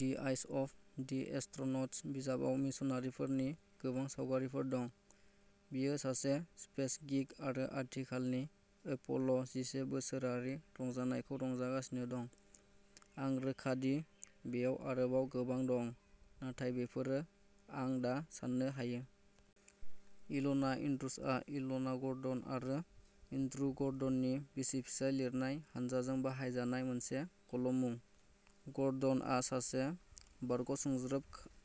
The eyes of the astronauts बिजाबाव मिशनफोरनि गोबां सावगारिफोर दं। बियो सासे स्पेस गीक आरो आथिखालनि एप'ल' जिसे बोसोरारि रंजानायखौ रंजागासिनो दं। आं रोखा दि बेयाव आरोबाव गोबां दं, नाथाय बेफोरो आं दा साननो हायो। इल'ना एन्ड्रुजआ इल'ना गर्डन आरो एन्ड्रु गर्डननि बिसि-फिसाय लिरनाय हानजाजों बाहायजानाय मोनसे कलम मुं। गर्डनआ सासे बारग'सुंज्रोब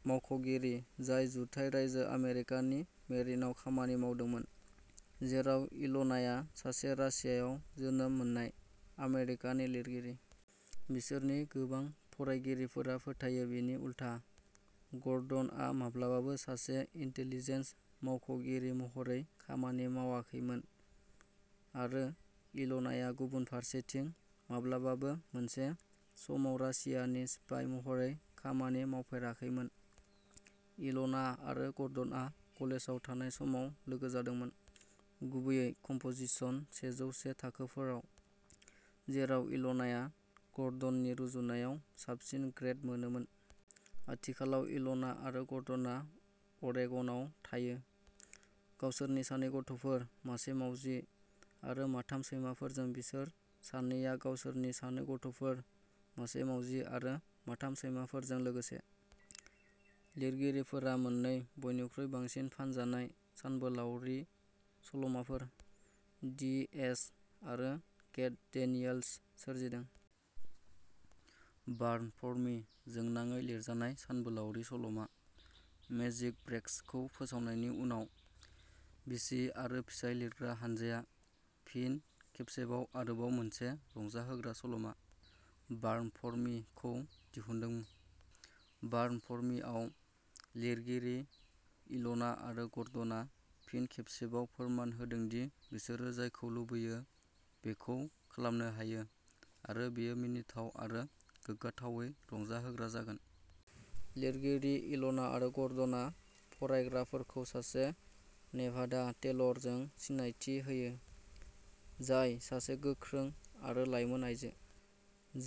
मावख'गिरि जाय जुथाइ रायजो आमेरिकानि मेरिनआव खामानि मावदोंमोन, जेराव इल'नाया सासे रासियाव जोनोम मोननाय, आमेरिकानि लिरगिरि। बिसोरनि गोबां फरायगिरिफोरा फोथायो बिनि उलथा, गर्डनआ माब्लाबाबो सासे इन्टेलिजेन्स मावख'गिरि महरै खामानि मावाखैमोन आरो इल'नाया, गुबुन फारसेथिं, माब्लाबाबो मोनसे समाव रासियानि स्पाइ महरै खामानि मावफेराखैमोन। इल'ना आरो गर्डनआ कलेजाव थानाय समाव लोगो जादोंमोन, गुबैयै कम्प'जिशन सेजौ से थाखोफोराव, जेराव इल'नाया गर्डननि रुजुनायाव साबसिन ग्रेड मोनोमोन। आथिखालाव, इल'ना आरो गर्डनआ अरेगनआव थायो, गावसोरनि सानै गथ'फोर, मासे मावजि आरो माथाम सैमाफोरजों बिसोर सानैया गावसोरनि सानै गथ'फोर, मासे मावजि आरो माथाम सैमाफोरजों लोगोसे। लिरगिरिफोरा मोननै बयनिख्रुइ बांसिन फानजानाय सानबोलावरि सल'माफोर, दि एज आरो केट डेनियल्स सोरजिदों। बार्न फर मि जोंनाङै लिरजानाय सानबोलावरि सल'मा, मेजिक ब्रेक्सखौ फोसावनायनि उनाव, बिसि आरो फिसाय लिरग्रा हानजाया फिन खेबसेबाव आरोबाव मोनसे रंजाहोग्रा सल'मा, बार्न फर मिखौ दिहुनफिनदों। बार्न फर मिआव, लिरगिरि इल'ना आरो गर्डना फिन खेबसेबाव फोरमान होदों दि बिसोरो जायखौ लुबैयो बेखौ खालामनो हायो, आरो बेयो मिनिथाव आरो गोग्गाथावै रंजाहोग्रा जागोन। लिरगिरि इल'ना आरो गर्डना फरायग्राफोरखौ सासे नेभाडा टेलरजों सिनायथि होयो, जाय सासे गोख्रों आरो लाइमोन आइजो,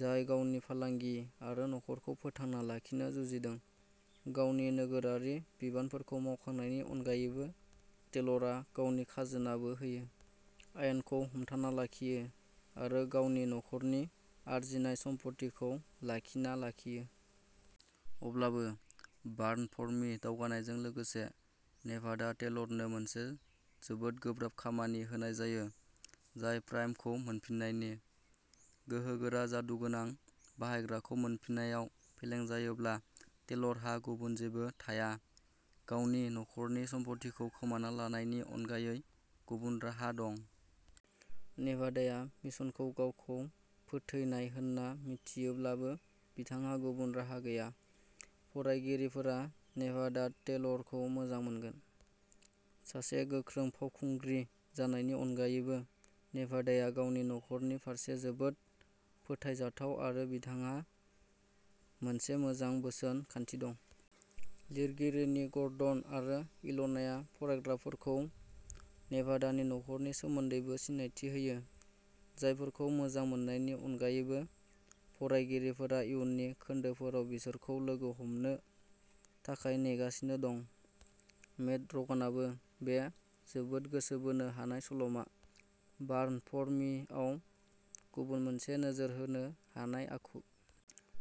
जाय गावनि फालांगि आरो नखरखौ फोथांना लाखिनो जुजिदों। गावनि नोगोरारि बिबानफोरखौ मावखांनायनि अनगायैबो, टेलरा गावनि खाजोनाबो होयो, आयेनखौ हमथाना लाखियो आरो गावनि नखरनि आरजिनाय सम्फथिखौ लाखिना लाखियो। अब्लाबो, बार्न फर मि दावगानायजों लोगोसे, नेभाडा टेलरनो मोनसे जोबोद गोब्राब खामानि होनाय जायो, जाय प्राइमखौ मोनफिन्नायनि। गोहोगोरा जादुगोनां बाहायग्राखौ मोनफिन्नायाव फेलें जायोब्ला, टेलारहा गुबुन जेबो थाया। गावनि नखरनि सम्फथिखौ खोमाना लानायनि अनगायै गुबुन राहा दं। नेभादाया मिशनखौ गावखौ फोथैनाय होन्ना मिथियोब्लाबो, बिथांहा गुबुन राहा गैया। फरायगिरिफोरा नेभादा टेलरखौ मोजां मोनगोन। सासे गोख्रों फावखुंग्रि जानायनि अनगायैबो, नेभादाया गावनि नखरनि फारसे जोबोद फोथायजाथाव आरो बिथांहा मोनसे मोजां बोसोन खान्थि दं। लिरगिरिनि ग'र्डन आरो इल'नाया फरायग्राफोरखौ नेभादानि नखरनि सोमोन्दैबो सिनायथि होयो, जायफोरखौ मोजां मोननायनि अनगायैबो, फरायगिरिफोरा इयुननि खोन्दोफोराव बिसोरखौ लोगो हमनो थाखाय नेगासिनो दं। मेड र'गानाबो बे जोबोद गोसो बोनो हानाय सल'मा, बार्न फर मिआव गुबुन मोनसे नोजोर होनो हानाय आखु।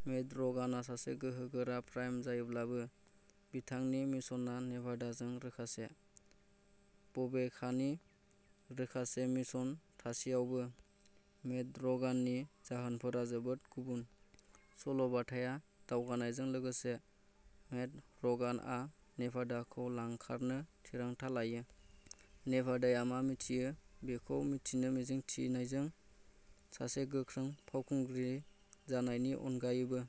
मेड र'गानआ सासे गोहोगोरा प्राइम जायोब्लाबो, बिथांनि मिशनआ नेभादाजों रोखोमसे। बबेखानि, रोखोमसे मिशन थासेयावबो, मेड र'गाननि जाहोनफोरा जोबोद गुबुन। सल'बाथाया दावगानायजों लोगोसे, मेड र'गानआ नेभादाखौ लांखारनो थिरांथा लायो, नेभादाया मा मिथियो बेखौ मिथिनो मिजिं थिनायजों। सासे गोख्रों फावखुंग्रि जानायनि अनगायैबो।